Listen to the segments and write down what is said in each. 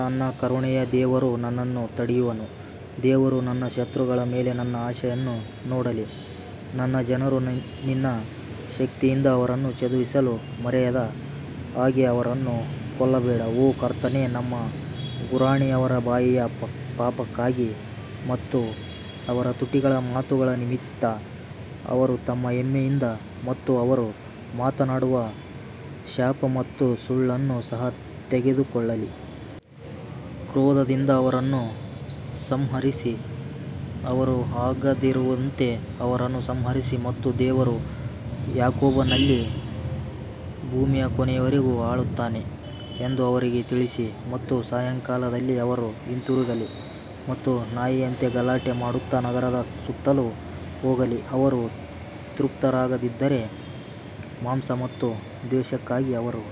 ನನ್ನ ಕರುಣೆಯ ದೇವರು ನನ್ನನ್ನು ತಡೆಯುವನು ದೇವರು ನನ್ನ ಶತ್ರುಗಳ ಮೇಲೆ ನನ್ನ ಆಸೆಯನ್ನು ನೋಡಲಿ ನನ್ನ ಜನರು ನಿನ್ನ ಶಕ್ತಿಯಿಂದ ಅವರನ್ನು ಚದುರಿಸಲು ಮರೆಯದ ಹಾಗೆ ಅವರನ್ನು ಕೊಲ್ಲಬೇಡ ಓ ಕರ್ತನೇ ನಮ್ಮ ಗುರಾಣಿ ಅವರ ಬಾಯಿಯ ಪಾಪಕ್ಕಾಗಿ ಮತ್ತು ಅವರ ತುಟಿಗಳ ಮಾತುಗಳ ನಿಮಿತ್ತ ಅವರು ತಮ್ಮ ಹೆಮ್ಮೆಯಿಂದ ಮತ್ತು ಅವರು ಮಾತನಾಡುವ ಶಾಪ ಮತ್ತು ಸುಳ್ಳನ್ನು ಸಹ ತೆಗೆದುಕೊಳ್ಳಲಿ. ಕ್ರೋಧದಿಂದ ಅವರನ್ನು ಸಂಹರಿಸಿ, ಅವರು ಆಗದಿರುವಂತೆ ಅವರನ್ನು ಸಂಹರಿಸಿ ಮತ್ತು ದೇವರು ಯಾಕೋಬನಲ್ಲಿ ಭೂಮಿಯ ಕೊನೆಯವರೆಗೂ ಆಳುತ್ತಾನೆ ಎಂದು ಅವರಿಗೆ ತಿಳಿಸಿ ಮತ್ತು ಸಾಯಂಕಾಲದಲ್ಲಿ ಅವರು ಹಿಂತಿರುಗಲಿ ಮತ್ತು ನಾಯಿಯಂತೆ ಗಲಾಟೆ ಮಾಡುತ್ತಾ ನಗರದ ಸುತ್ತಲೂ ಹೋಗಲಿ ಅವರು ತೃಪ್ತರಾಗದಿದ್ದರೆ ಮಾಂಸ ಮತ್ತು ದ್ವೇಷಕ್ಕಾಗಿ ಅವರು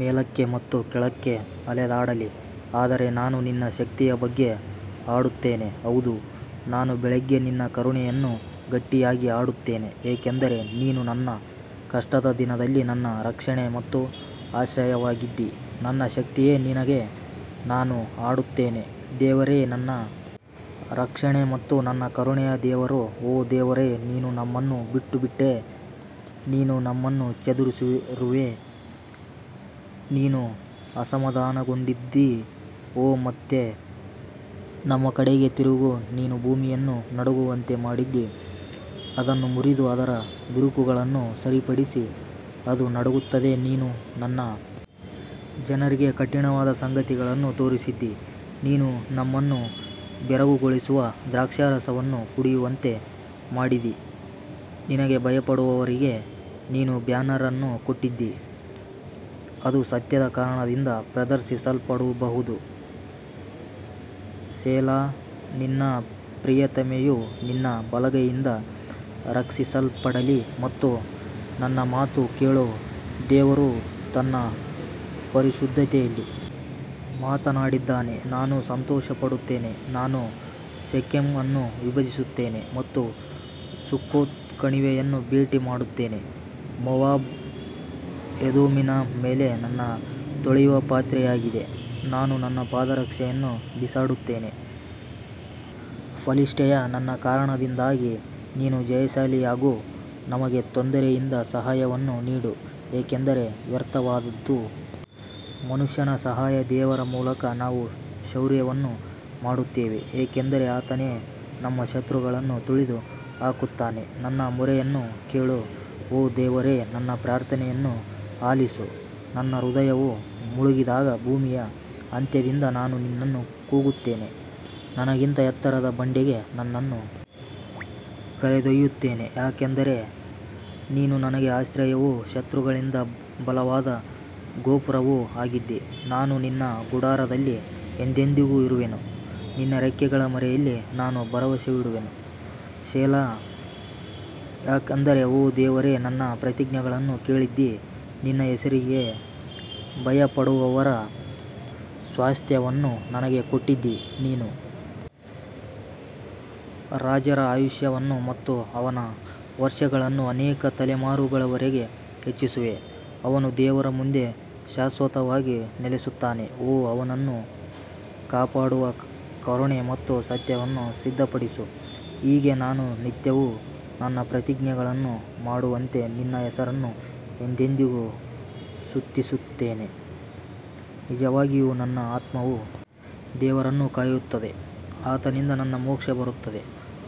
ಮೇಲಕ್ಕೆ ಮತ್ತು ಕೆಳಕ್ಕೆ ಅಲೆದಾಡಲಿ ಆದರೆ ನಾನು ನಿನ್ನ ಶಕ್ತಿಯ ಬಗ್ಗೆ ಹಾಡುತ್ತೇನೆ ಹೌದು ನಾನು ಬೆಳಿಗ್ಗೆ ನಿನ್ನ ಕರುಣೆಯನ್ನು ಗಟ್ಟಿಯಾಗಿ ಹಾಡುತ್ತೇನೆ ಏಕೆಂದರೆ ನೀನು ನನ್ನ ಕಷ್ಟದ ದಿನದಲ್ಲಿ ನನ್ನ ರಕ್ಷಣೆ ಮತ್ತು ಆಶ್ರಯವಾಗಿದ್ದಿ ನನ್ನ ಶಕ್ತಿಯೇ ನಿನಗೆ ನಾನು ಹಾಡುತ್ತೇನೆ ದೇವರೇ ನನ್ನ ರಕ್ಷಣೆ ಮತ್ತು ನನ್ನ ಕರುಣೆಯ ದೇವರು ಓ ದೇವರೇ ನೀನು ನಮ್ಮನ್ನು ಬಿಟ್ಟುಬಿಟ್ಟೆ ನೀನು ನಮ್ಮನ್ನು ಚದುರಿಸಿರುವೆ ನೀನು ಅಸಮಾಧಾನಗೊಂಡಿದ್ದೀ ಓ ಮತ್ತೆ ನಮ್ಮ ಕಡೆಗೆ ತಿರುಗು ನೀನು ಭೂಮಿಯನ್ನು ನಡುಗುವಂತೆ ಮಾಡಿದ್ದೀ, ಅದನ್ನು ಮುರಿದು ಅದರ ಬಿರುಕುಗಳನ್ನು ಸರಿಪಡಿಸಿ, ಅದು ನಡುಗುತ್ತದೆ ನೀನು ನಿನ್ನ ಜನರಿಗೆ ಕಠಿಣವಾದ ಸಂಗತಿಗಳನ್ನು ತೋರಿಸಿದ್ದೀ, ನೀನು ನಮ್ಮನ್ನು ಬೆರಗುಗೊಳಿಸುವ ದ್ರಾಕ್ಷಾರಸವನ್ನು ಕುಡಿಯುವಂತೆ ಮಾಡಿದಿ ನಿನಗೆ ಭಯಪಡುವವರಿಗೆ ನೀನು ಬ್ಯಾನರ್ ಅನ್ನು ಕೊಟ್ಟಿದ್ದೀ, ಅದು ಸತ್ಯದ ಕಾರಣದಿಂದ ಪ್ರದರ್ಶಿಸಲ್ಪಡಬಹುದು ಸೆಲಾ ನಿನ್ನ ಪ್ರಿಯತಮೆಯು ನಿನ್ನ ಬಲಗೈಯಿಂದ ರಕ್ಷಿಸಲ್ಪಡಲಿ ಮತ್ತು ನನ್ನ ಮಾತು ಕೇಳು ದೇವರು ತನ್ನ ಪರಿಶುದ್ಧತೆಯಲ್ಲಿ ಮಾತನಾಡಿದ್ದಾನೆ ನಾನು ಸಂತೋಷಪಡುತ್ತೇನೆ ನಾನು ಶೆಕೆಮ್ ಅನ್ನು ವಿಭಜಿಸುತ್ತೇನೆ ಮತ್ತು ಸುಕ್ಕೋತ್ ಕಣಿವೆಯನ್ನು ಭೇಟಿ ಮಾಡುತ್ತೇನೆ ಮೋವಾಬ್ ಎದೋಮಿನ ಮೇಲೆ ನನ್ನ ತೊಳೆಯುವ ಪಾತ್ರೆಯಾಗಿದೆ ನಾನು ನನ್ನ ಪಾದರಕ್ಷೆಯನ್ನು ಬಿಸಾಡುತ್ತೇನೆ ಫಿಲಿಷ್ಟಿಯ ನನ್ನ ಕಾರಣದಿಂದಾಗಿ ನೀನು ಜಯಶಾಲಿಯಾಗು ನಮಗೆ ತೊಂದರೆಯಿಂದ ಸಹಾಯವನ್ನು ನೀಡು, ಏಕೆಂದರೆ ವ್ಯರ್ಥವಾದದ್ದು ಮನುಷ್ಯನ ಸಹಾಯ ದೇವರ ಮೂಲಕ ನಾವು ಶೌರ್ಯವನ್ನು ಮಾಡುತ್ತೇವೆ ಏಕೆಂದರೆ ಆತನೇ ನಮ್ಮ ಶತ್ರುಗಳನ್ನು ತುಳಿದು ಹಾಕುತ್ತಾನೆ ನನ್ನ ಮೊರೆಯನ್ನು ಕೇಳು ಓ ದೇವರೇ ನನ್ನ ಪ್ರಾರ್ಥನೆಯನ್ನು ಆಲಿಸು ನನ್ನ ಹೃದಯವು ಮುಳುಗಿದಾಗ ಭೂಮಿಯ ಅಂತ್ಯದಿಂದ ನಾನು ನಿನ್ನನ್ನು ಕೂಗುತ್ತೇನೆ, ನನಗಿಂತ ಎತ್ತರದ ಬಂಡೆಗೆ ನನ್ನನ್ನು ಕರೆದೊಯ್ಯುತ್ತೇನೆ ಯಾಕಂದರೆ ನೀನು ನನಗೆ ಆಶ್ರಯವೂ ಶತ್ರುಗಳಿಂದ ಬಲವಾದ ಗೋಪುರವೂ ಆಗಿದ್ದೀ ನಾನು ನಿನ್ನ ಗುಡಾರದಲ್ಲಿ ಎಂದೆಂದಿಗೂ ಇರುವೆನು ನಿನ್ನ ರೆಕ್ಕೆಗಳ ಮರೆಯಲ್ಲಿ ನಾನು ಭರವಸವಿಡುವೆನು ಸೆಲಾ ಯಾಕಂದರೆ ಓ ದೇವರೇ ನನ್ನ ಪ್ರತಿಜ್ಞೆಗಳನ್ನು ಕೇಳಿದ್ದೀ, ನಿನ್ನ ಹೆಸರಿಗೆ ಭಯಪಡುವವರ ಸ್ವಾಸ್ತ್ಯವನ್ನು ನನಗೆ ಕೊಟ್ಟಿದ್ದೀ ನೀನು ರಾಜರ ಆಯುಷ್ಯವನ್ನು ಮತ್ತು ಅವನ ವರ್ಷಗಳನ್ನು ಅನೇಕ ತಲೆಮಾರುಗಳವರೆಗೆ ಹೆಚ್ಚಿಸುವೆ ಅವನು ದೇವರ ಮುಂದೆ ಶಾಶ್ವತವಾಗಿ ನೆಲೆಸುತ್ತಾನೆ ಓ ಅವನನ್ನು ಕಾಪಾಡುವ ಕರುಣೆ ಮತ್ತು ಸತ್ಯವನ್ನು ಸಿದ್ಧಪಡಿಸು ಹೀಗೆ ನಾನು ನಿತ್ಯವೂ ನನ್ನ ಪ್ರತಿಜ್ಞೆಗಳನ್ನು ಮಾಡುವಂತೆ ನಿನ್ನ ಹೆಸರನ್ನು ಎಂದೆಂದಿಗೂ ಸ್ತುತಿಸುತ್ತೇನೆ ನಿಜವಾಗಿಯೂ ನನ್ನ ಆತ್ಮವು ದೇವರನ್ನು ಕಾಯುತ್ತಿದೆ ಆತನಿಂದ ನನ್ನ ಮೋಕ್ಷ ಬರುತ್ತದೆ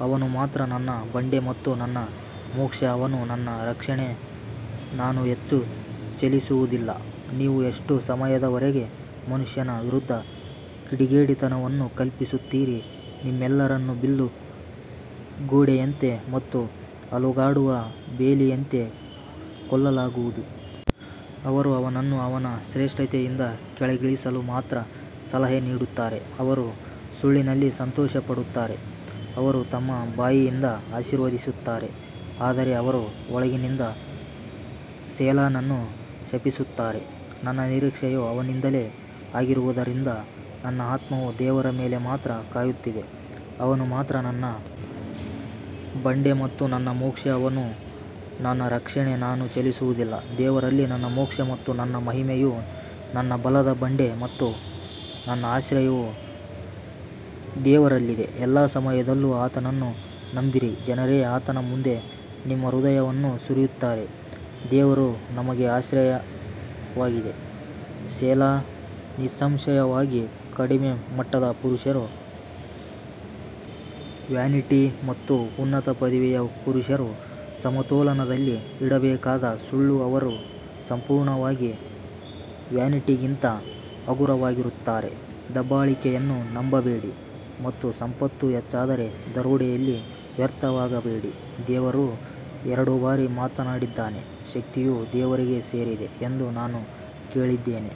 ಅವನು ಮಾತ್ರ ನನ್ನ ಬಂಡೆ ಮತ್ತು ನನ್ನ ಮೋಕ್ಷ ಅವನು ನನ್ನ ರಕ್ಷಣೆ, ನಾನು ಹೆಚ್ಚು ಚಲಿಸುವುದಿಲ್ಲ ನೀವು ಎಷ್ಟು ಸಮಯದವರೆಗೆ ಮನುಷ್ಯನ ವಿರುದ್ಧ ಕಿಡಿಗೇಡಿತನವನ್ನು ಕಲ್ಪಿಸುತ್ತೀರಿ, ನಿಮ್ಮೆಲ್ಲರನ್ನು ಬಿಲ್ಲು ಗೋಡೆಯಂತೆ ಮತ್ತು ಅಲುಗಾಡುವ ಬೇಲಿಯಂತೆ ಕೊಲ್ಲಲಾಗುವುದು ಅವರು ಅವನನ್ನು ಅವನ ಶ್ರೇಷ್ಠತೆಯಿಂದ ಕೆಳಗಿಳಿಸಲು ಮಾತ್ರ ಸಲಹೆ ನೀಡುತ್ತಾರೆ ಅವರು ಸುಳ್ಳಿನಲ್ಲಿ ಸಂತೋಷಪಡುತ್ತಾರೆ ಅವರು ತಮ್ಮ ಬಾಯಿಯಿಂದ ಆಶೀರ್ವದಿಸುತ್ತಾರೆ ಆದರೆ ಅವರು ಒಳಗಿನಿಂದ ಸೆಲಾನನ್ನು ಶಪಿಸುತ್ತಾರೆ ನನ್ನ ನಿರೀಕ್ಷೆಯು ಅವನಿಂದಲೇ ಆಗಿರುವುದರಿಂದ ನನ್ನ ಆತ್ಮವು ದೇವರ ಮೇಲೆ ಮಾತ್ರ ಕಾಯುತ್ತಿದೆ ಅವನು ಮಾತ್ರ ನನ್ನ ಬಂಡೆ ಮತ್ತು ನನ್ನ ಮೋಕ್ಷ ಅವನು ನನ್ನ ರಕ್ಷಣೆ ನಾನು ಚಲಿಸುವುದಿಲ್ಲ ದೇವರಲ್ಲಿ ನನ್ನ ಮೋಕ್ಷ ಮತ್ತು ನನ್ನ ಮಹಿಮೆಯು ನನ್ನ ಬಲದ ಬಂಡೆ ಮತ್ತು ನನ್ನ ಆಶ್ರಯವು ದೇವರಲ್ಲಿದೆ ಎಲ್ಲಾ ಸಮಯದಲ್ಲೂ ಆತನನ್ನು ನಂಬಿರಿ ಜನರೇ ಆತನ ಮುಂದೆ ನಿಮ್ಮ ಹೃದಯವನ್ನು ಸುರಿಯುತ್ತಾರೆ ದೇವರು ನಮಗೆ ಆಶ್ರಯವಾಗಿದೆ ಸೆಲಾ ನಿಸ್ಸಂಶಯವಾಗಿ ಕಡಿಮೆ ಮಟ್ಟದ ಪುರುಷರು ವ್ಯಾನಿಟಿ ಮತ್ತು ಉನ್ನತ ಪದವಿಯ ಪುರುಷರು ಸಮತೋಲನದಲ್ಲಿ ಇಡಬೇಕಾದ ಸುಳ್ಳು ಅವರು ಸಂಪೂರ್ಣವಾಗಿ ವ್ಯಾನಿಟಿಗಿಂತ ಹಗುರವಾಗಿರುತ್ತಾರೆ ದಬ್ಬಾಳಿಕೆಯನ್ನು ನಂಬಬೇಡಿ ಮತ್ತು ಸಂಪತ್ತು ಹೆಚ್ಚಾದರೆ ದರೋಡೆಯಲ್ಲಿ ವ್ಯರ್ಥವಾಗಬೇಡಿ ದೇವರು ಎರಡು ಬಾರಿ ಮಾತನಾಡಿದ್ದಾನೆ, ಶಕ್ತಿಯು ದೇವರಿಗೆ ಸೇರಿದೆ ಎಂದು ನಾನು ಕೇಳಿದ್ದೇನೆ.